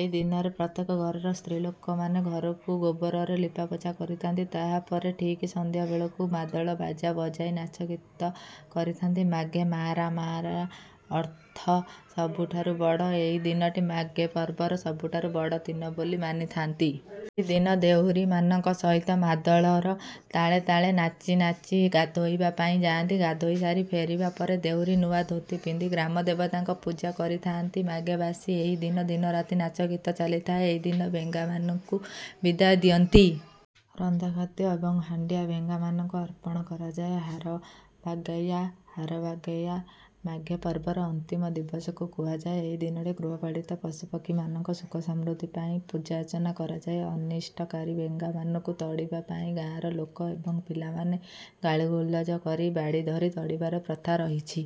ଏହି ଦିନରେ ପ୍ରତ୍ୟେକ ଘରର ସ୍ତ୍ରୀଲୋକମାନେ ଘରକୁ ଗୋବରରେ ଲିପାପୋଛା କରିଥାନ୍ତି। ତାହା ପରେ ଠିକ ସନ୍ଧ୍ୟା ବେଳକୁ ମାଦଳ ବାଜା ବଜାଇ ନାଚଗୀତ କରିଥାନ୍ତି। ମାଘେ ମାରାଁ ମାରାଁ ଅର୍ଥ ସବୁଠାରୁ ବଡ଼। ଏହି ଦିନଟି ମାଘେ ପର୍ବର ସବୁଠାରୁ ବଡ଼ ଦିନ ବୋଲି ମାନିଥାନ୍ତି। ଏହି ଦିନ ଦେହୁରୀମାନଙ୍କ ସହିତ ମାଦଳର ତାଳେ ତାଳେ ନାଚି ନାଚି ଗାଧୋଇବା ପାଇଁ ଯାଆନ୍ତି। ଗାଧୋଇ ସାରି ଫେରିବା ପରେ ଦେହୁରୀ ନୂଆ ଧୋତି ପିନ୍ଧି ଗ୍ରାମଦେବତାଙ୍କ ପୂଜା କରିଥାନ୍ତି। ମାଘେ ବାସୀ ଏହି ଦିନ ଦିନରାତି ନାଚଗୀତ ଚାଲିଥାଏ। ଏହି ଦିନ ବେଙ୍ଗାମାନଙ୍କୁ ବିଦାୟ ଦିଅନ୍ତି। ରନ୍ଧା ଖାଦ୍ୟ ଏବଂ ହାଣ୍ଡିଆ ବେଙ୍ଗାମାନଙ୍କୁ ଅର୍ପଣ କରାଯାଏ। ହାରବାଗେୟା ହାରବାଗେୟା ମାଘେ ପର୍ବର ଅନ୍ତିମ ଦିବସକୁ କୁହାଯାଏ। ଏହି ଦିନଟି ଗୃହପାଳିତ ପଶୁପକ୍ଷୀମାନଙ୍କ ସୁଖ ସମୃଦ୍ଧି ପାଇଁ ପୂଜାର୍ଚ୍ଚନା କରାଯାଏ। ଅନିଷ୍ଟକାରୀ ବେଙ୍ଗାମାନଙ୍କୁ ତଡ଼ିବା ପାଇଁ ଗାଁର ଲୋକ ଏବଂ ପିଲାମାନେ ଗାଳିଗୁଲଜ କରି ବାଡ଼ି ଧରି ତଡ଼ିବାର ପ୍ରଥା ରହିଛି।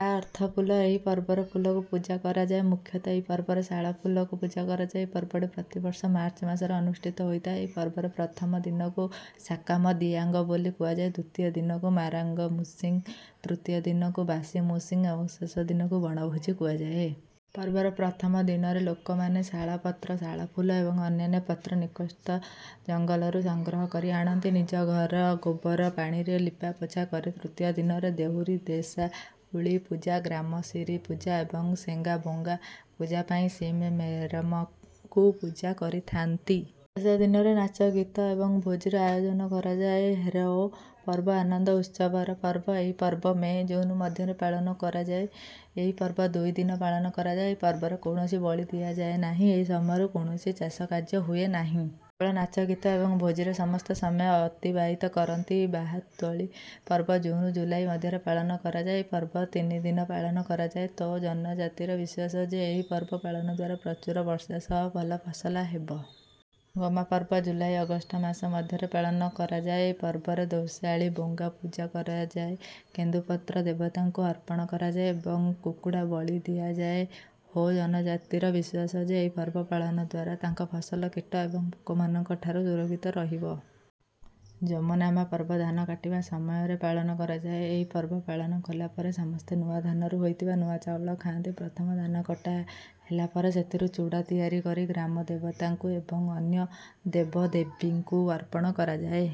ବା ଅର୍ଥ ଫୁଲ। ଏହି ପର୍ବରେ ଫୁଲକୁ ପୂଜା କରାଯାଏ। ମୁଖ୍ୟତଃ ଏହି ପର୍ବରେ ଶାଳ ଫୁଲକୁ ପୂଜା କରାଯାଏ। ଏହି ପର୍ବଟି ପ୍ରତି ବର୍ଷ ମାର୍ଚ୍ଚ ମାସରେ ଅନୁଷ୍ଠିତ ହୋଇଥାଏ। ଏହି ପର୍ବର ପ୍ରଥମ ଦିନକୁ ସାକାମ ଦିଆଙ୍ଗ ବୋଲି କୁହାଯାଏ ଦ୍ୱିତୀୟ ଦିନକୁ ମାରାଙ୍ଗ ମୁସିଂ ତୃତୀୟ ଦିନକୁ ବାସି ମୁସିଂ ଏବଂ ଶେଷ ଦିନକୁ ବଣଭୋଜି କୁହାଯାଏ। ପର୍ବର ପ୍ରଥମ ଦିନରେ ଲୋକମାନେ ଶାଳ ପତ୍ର ଶାଳ ଫୁଲ ଏବଂ ଅନ୍ୟାନ୍ୟ ପତ୍ର ନିକଟସ୍ଥ ଜଙ୍ଗଲରୁ ସଂଗ୍ରହ କରି ଆଣନ୍ତି ନିଜ ଘର ଗୋବର ପାଣିରେ ଲିପାପୋଛା କରି। ତୃତୀୟ ଦିନରେ ଦେହୁରୀ ଦେଶାଉଳୀ ପୂଜା ଗ୍ରାମସିରୀ ପୂଜା ଏବଂ ସିଙ୍ଗାବୋଙ୍ଗା ପୂଜା ପାଇଁ ସିମ ମେରମଙ୍କୁ ପୂଜା କରିଥାନ୍ତି। ଶେଷ ଦିନରେ ନାଚଗୀତ ଏବଂ ଭୋଜିର ଆୟୋଜନ କରାଯାଏ। ହେରୋଓ ପର୍ବ ଆନନ୍ଦ ଉତ୍ସବର ପର୍ବ। ଏହି ପର୍ବ ମେ ଜୁନ ମଧ୍ୟରେ ପାଳନ କରାଯାଏ। ଏହି ପର୍ବ ଦୁଇ ଦିନ ପାଳନ କରାଯାଏ। ଏହି ପର୍ବରେ କୌଣସି ବଳି ଦିଆଯାଏ ନାହିଁ। ଏ ସମୟରେ କୌଣସି ଚାଷ କାର୍ଯ୍ୟ ହୁଏ ନାହିଁ। କେବଳ ନାଚଗୀତ ଏବଂ ଭୋଜିରେ ସମସ୍ତେ ସମୟ ଅତିବାହିତ କରନ୍ତି। ବାହାତୌଳି ପର୍ବ ଜୁନ ଜୁଲାଇ ମଧ୍ୟରେ ପାଳନ କରାଯାଏ। ଏହି ପର୍ବ ତିନି ଦିନ ପାଳନ କରାଯାଏ। ତୋ ଜନଜାତିର ବିଶ୍ୱାସ ଯେ ଏହି ପର୍ବ ପାଳନ ଦ୍ୱାରା ପ୍ରଚୁର ବର୍ଷା ସହ ଭଲ ଫସଲ ହେବ। ଗୋମା ପର୍ବ ଜୁଲାଇ ଅଗଷ୍ଟ ମାସ ମଧ୍ୟରେ ପାଳନ କରାଯାଏ। ଏହି ପର୍ବରେ ଦେସୌଳୀ ବୋଙ୍ଗା ପୂଜା କରାଯାଏ। କେନ୍ଦୁ ପତ୍ର ଦେବତାଙ୍କୁ ଅର୍ପଣ କରାଯାଏ ଏବଂ କୁକୁଡ଼ା ବଳି ଦିଆଯାଏ। ହୋ ଜନଜାତିର ବିଶ୍ୱାସ ଯେ ଏହି ପର୍ବ ପାଳନ ଦ୍ୱାରା ତାଙ୍କ ଫସଲ କୀଟ ଏବଂ ପୋକମାନଙ୍କ ଠାରୁ ସୁରକ୍ଷିତ ରହିବ। ଜୋମନାମା ପର୍ବ ଧାନ କାଟିବା ସମୟରେ ପାଳନ କରାଯାଏ। ଏହି ପର୍ବ ପାଳନ କଲା ପରେ ସମସ୍ତେ ନୂଆ ଧାନରୁ ହୋଇଥିବା ନୂଆ ଚାଉଳ ଖାଆନ୍ତି। ପ୍ରଥମ ଧାନ କଟା ହେଲା ପରେ ସେଥିରୁ ଚୂଡ଼ା ତିଆରି କରି ଗ୍ରାମଦେବତାଙ୍କୁ ଏବଂ ଅନ୍ୟ ଦେବଦେବୀଙ୍କୁ ଅର୍ପଣ କରାଯାଏ।